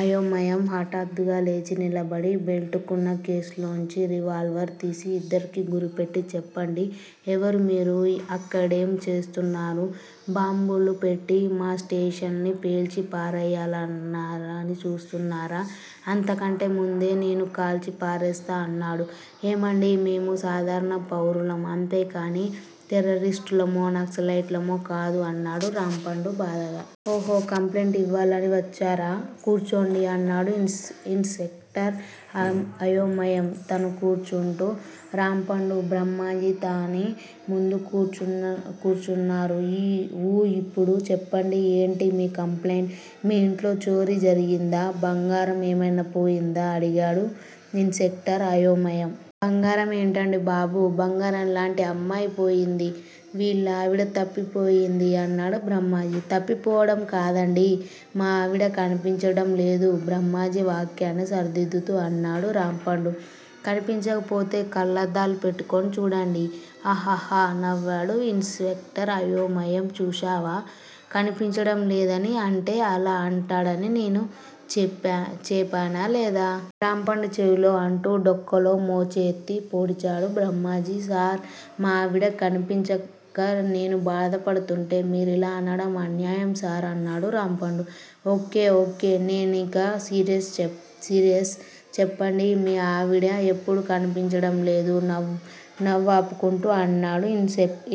అయోమయం హాఠాత్తుగా లేచి నిలబడి బెల్టుకున్న కేసులోంచి రివాల్వర్ తీసి ఇద్దరకీ గురిపెట్టి చెప్పండి ఎవరు మీరు? అక్కడేం చేస్తున్నారు? బాంబులు పెట్టి మా స్టేషన్ని పేల్చి పారేయ్యాలని చూస్తున్నారా? అంతకంటే ముందే నేను కాల్చి పారేస్తా అన్నాడు. ఏమండీ మేము సాధారణ పౌరులం అంతేకానీ టెర్రరిస్టులమో, నక్సలైట్లమో కాదు అన్నాడు రాంపండు బాధగా. ఓహొ కంప్లైంట్ యివ్వాలని వచ్చారా? కూర్చోండి అన్నాడు ఇన్స్ సెక్టార్ అయోమయం తను కూర్చుంటూ. రాంపండు, బ్రహ్మాజీ తాని ముందు కూర్చ్గున్నారు. ఊ ఇప్పుడు చెప్పండి ఏంటి మీ కంప్లైంట్? మీ ఇంట్లో చోరీ జరిగిందా? బంగారం ఏమైనా పోయిందా? అడిగాడు ఇన్స్ సెక్టార్ అయోమయం. బంగారం ఏంటండీ బాబూ! బంగారంలాంటి అమ్మాయ్ పోయింది. వీళ్ళా విడ తప్పిపోయింది అన్నాడు బ్రహ్మాజీ. తప్పిపోవడం కాదండీ! మా ఆవిడా కనిపించటంలేదు బ్రహ్మాజీ వాక్యాన్ని సరిదిద్దుతూ అన్నాడు రాంపండు. కనిపించకపోతే కళ్ళద్దాలు పెట్టుకుని చూడండి. హహహ నవ్వాడు ఇన్స్ సెక్టార్ అయోమయం చూశావా! కనిపించటం లేదని అంటే అలా అంటాడని నేను చేపానా లేదా? రాంపండు చెవిలో అంటూ డొక్కలో మోచేత్తో పొడిచాడు బ్రహ్మాజీ. సార్! మా ఆవిడ కనిపించక నేను బాధ పడుతుంటే మీరిలా అనడం అన్యాయం సార్ అన్నాడు రాంపండు. ఒక్కే ఒక్కే నేనిక సీరియస్! చెప్పండి మీ ఆవిడా ఎప్పుడు నుండి కనిపించడంలేదు? నవ్వాపుకుంటూ అన్నాడు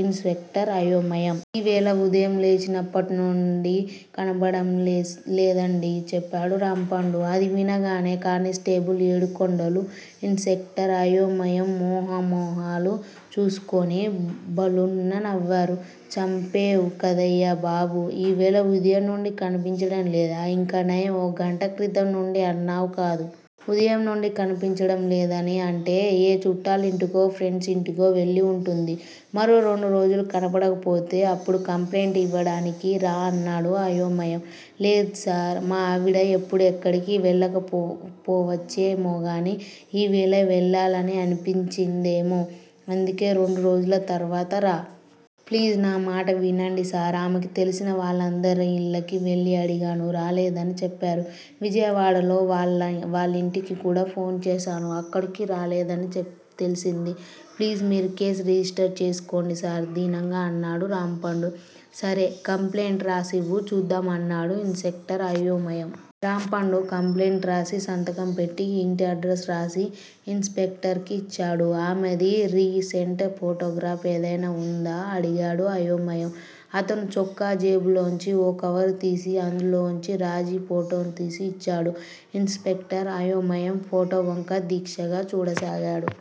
ఇన్స్ సెక్టార్ అయోమయం. ఈ వేళ ఉదయం లేచినప్పటినుండీ కనపడ్డంలేదండీ చెప్పాడు రాంపండు. అది వినగానే కాని స్టేబుల్ ఏడుకొండలూ, ఇన్స్ సెక్టార్ అయోమయం మోహమోహాలు చూసుకుని భళ్ళున నవ్వారు. చంపేవ్ కదయ్యా బాబూ! ఈ వేళ ఉదయం నుండి కనిపించటంలేదా? ఇంకానయం. ఓ గంట క్రితం నుండి అన్నావ్ కాదు. ఉదయం నుండీ కనిపించడం లేదని అంటే ఏ చూట్టాలింటికో, ప్రెండ్స్ యింటికో వెళ్ళి వుంటుంది. మరో రెండురోజులు కనబడకపోతే అప్పుడు కంప్లైంటు యివ్వడానికి రా అన్నాడు అయోమయం. లేద్సార్! మా ఆవిడ ఎప్పుడు ఎక్కడికీ వెళ్ళకపోవచ్చేమోగానీ ఈ వేళ వెళ్ళాలని అనిపించిందేమో. అందుకే రెండు రోజుల తర్వాత రా. ప్లీజ్! న మాట వినండి సార్! ఆమెకి తెలిసిన వాళ్ళందరి ఇళ్ళకి వెళ్ళి అడిగాను. రాలేదని చెప్పారు. విజయవాడలో వాళ్ళింటికి కూడా ఫోన్ చేశాను. అక్కడకీ రాలేదని తెల్సింది. ప్లీజ్! మీరు కేస్ రిజిస్టర్ చేసుకోండి సార్ దీనంగా అన్నాడు రాంపండు. సరే! కంప్లెయింట్ రాసివ్వు చూద్దాం అన్నాడు ఇన్స్ సెక్టార్ అయోమయం. రాంపండు కంప్లైంట్ రాసి సంతకం పెట్టి ఇంటి ఆడ్రస్ రాసి ఇన్ స్పెక్టర్ కి యిచ్చాడు. ఆమెది రీ సెంట్ ఫోటోగ్రాఫ్ ఏదైనా వుందా? అడిగాడు అయోమయం. అతను చొక్కా జేబులోంచి ఓ కవరు తీసి అందులోంచి రాజీ ఫోటోతీసి యిచ్చాడు. ఇన్స్ సెక్టార్ అయోమయం ఫోటోవంక దీక్షగా చూడసాగాడు.